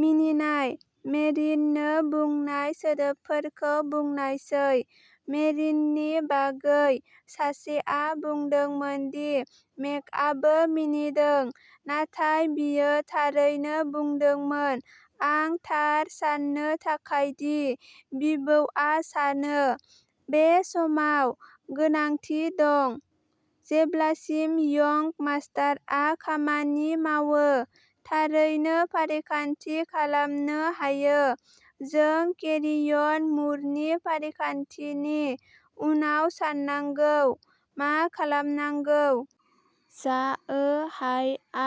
मिनिनाय, मेरिननो बुंनाय सोदोबफोरखौ बुंनायसै, मेरिननि बागै सासेआ बुंदोंमोन दि मेगआबो मिनिदों, नाथाय बियो थारैनो बुंदोंमोन आं थार सान्नो थाखाय दि बिबौआ सानो, बे समाव गोनांथि दं, जेब्लासिम यंग मास्टारआ खामानि मावो, थारैनो फारिखान्थि खालामनो हायो, जों केरियन मुरनि फारिखान्थिनि उनाव साननांगौ, मा खालामनांगौ। झाओ हायआ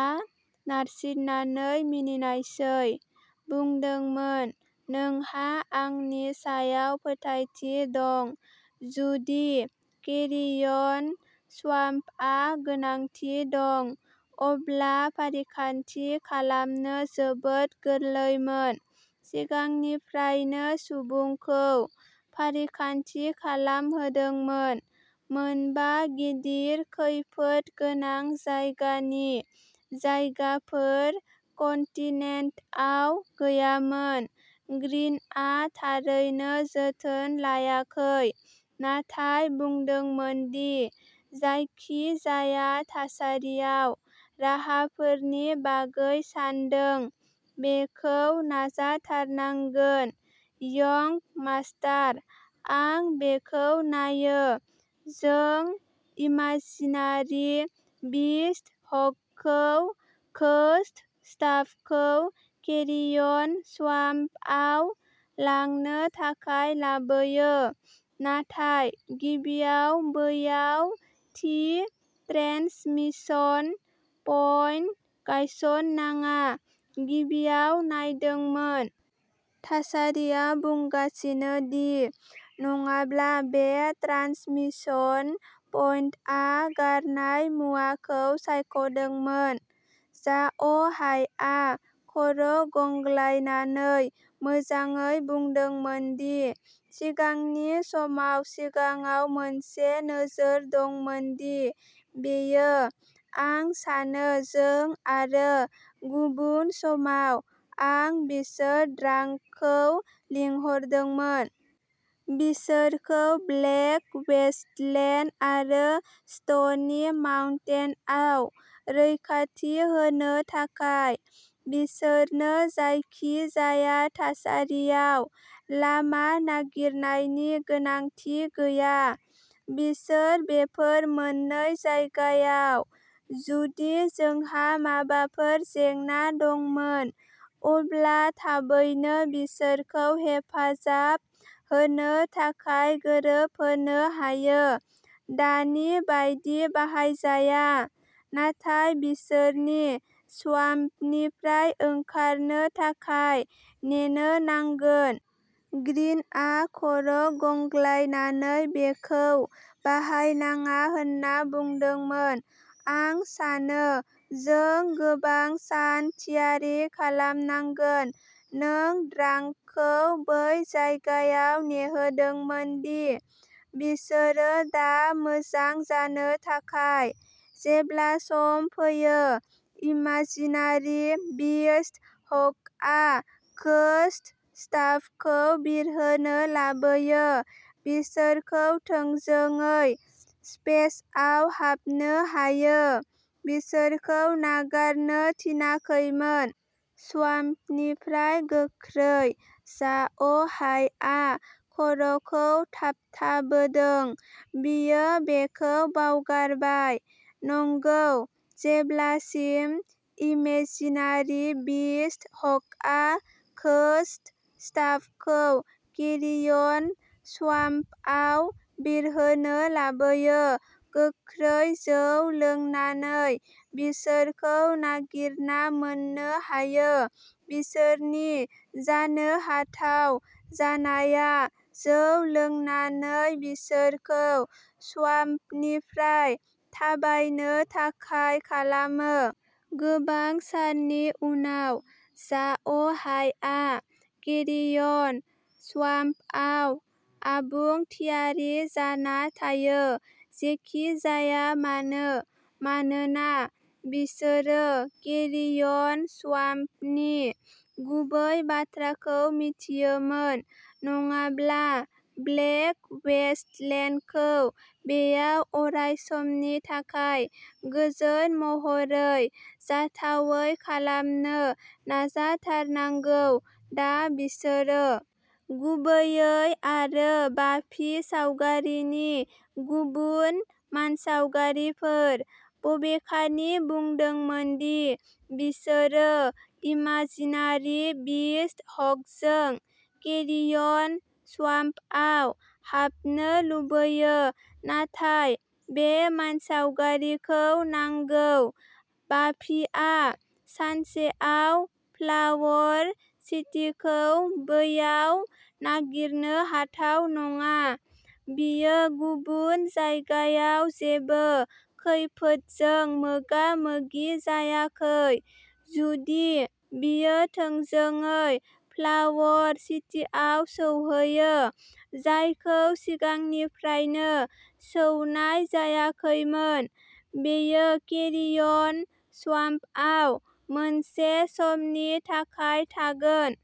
नारसिननानै मिनिनायसै बुंदोंमोन नोंहा आंनि सायाव फोथायथि दं, जुदि केरियन स्वाम्पआ गोनांथि दं अब्ला फारिखान्थि खालामनो जोबोद गोरलैमोन, सिगांनिफ्रायनो सुबुंखौ फारिखान्थि खालामहोदोंमोन, मोनबा गिदिर खैफोद गोनां जायगानि जायगाफोर कन्टिनेन्टआव गैयामोन। ग्रिनआ थारैनो जोथोन लायाखै, नाथाय बुंदोंमोन दि जायखिजाया थासारियाव राहाफोरनि बागै सानदों, बेखौ नाजाथारनांगोन, यंग मास्टार, आं बेखौ नायो, जों इमाजिनारि बिस्ट हकखौ घोस्ट स्टाफखौ केरियन स्वाम्पआव लांनो थाखाय लाबोयो, नाथाय गिबियाव बैयाव थि ट्रेन्समिशन पइन्ट गायसन्नाङा, गिबियाव नायदोंमोन। थासारिया बुंगासिनो दि नङाब्ला बे ट्रान्समिसन पइन्टआ गारनाय मुवाखौ सायख'दोंमोन। झाअ'हायआ खर'गंग्लायनानै मोजाङै बुंदोंमोन, दि सिगांनि समाव सिगाङाव मोनसे नोजोर दंमोन दि बेयो, आं सानो जों आरो गुबुन समाव, आं बिसोर ड्रांकखौ लिंहरदोंमोन, बिसोरखौ ब्लेक वेस्टलेन्ड आरो स्ट'नि माउन्टेनआव रैखाथि होनो थाखाय, बिसोरनो जायखिजाया थासारियाव लामा नागिरनायनि गोनांथि गैया, बिसोर बेफोर मोननै जायगायाव, जुदि जोंहा माबाफोर जेंना दंमोन, अब्ला थाबैनो बिसोरखौ हेफाजाब होनो थाखाय गोरोबहोनो हायो, दानि बायदि बाहायजाया, नाथाय बिसोरनि स्वाम्पनिफ्राय ओंखारनो थाखाय नेनो नांगोन। ग्रीनआ खर'गंग्लायनानै बेखौ बाहायनाङा होनना बुंदोंमोन, आं सानो जों गोबां सान थियारि खालामनांगोन, नों ड्रांकखौ बै जायगायाव नेहोदोंमोन दि बिसोरो दा मोजां जानो थाखाय, जेब्ला सम फैयो इमाजिनारि बिस्ट हकआ घोस्ट स्टाफखौ बिरहोनो लाबोयो, बिसोरखौ थोंजोङै स्पेसआव हाबनो हायो, बिसोरखौ नागारनो थिनाखैमोन। स्वाम्पनिफ्राय गोख्रै झाअ'हायआ खर'खौ थाबथाबोदों, बियो बेखौ बावगारबाय, नंगौ, जेब्लासिम इमेजिनारि बिस्ट हकआ घोस्ट स्टाफखौ केरियन स्वाम्पआव बिरहोनो लाबोयो, गोख्रै जौ लोंनानै बिसोरखौ नागिरना मोन्नो हायो, बिसोरनि जानो हाथाव जानाया जौ लोंनानै बिसोरखौ स्वाम्पनिफ्राय थाबायनो थाखाय खालामो। गोबां साननि उनाव, झाअ'हायआ केरियन स्वाम्पआव आबुं थियारि जाना थायो, जेखि जाया मानो, मानोना बिसोरो केरियन स्वाम्पनि गुबै बाथ्राखौ मिथियोमोन, नङाब्ला ब्लेक वेस्टलेन्डखौ बेयाव अरायसमनि थाखाय गोजोन महरै जाथावै खालामनो नाजाथारनांगौ। दा बिसोरो गुबैयै आरो बाफि सावगारिनि गुबुन मानसावगारिफोर, बबेखानि बुंदोंमोन दि बिसोरो इमाजिनारि बिस्ट हकजों केरियन स्वाम्पआव हाबनो लुबैयो, नाथाय बे मानसावगारिखौ नांगौ, बाफिआ सानसेआव फ्लावर सिटीखौ बैयाव नागिरनो हाथाव नङा, बियो गुबुन जायगायाव जेबो खैफोदजों मोगा-मोगि जायाखै, जुदि बियो थोंजोङै फ्लावर सिटीआव सौहैयो, जायखौ सिगांनिफ्रायनो सौनाय जायाखैमोन, बेयो केरियन स्वाम्पआव मोनसे समनि थाखाय थागोन।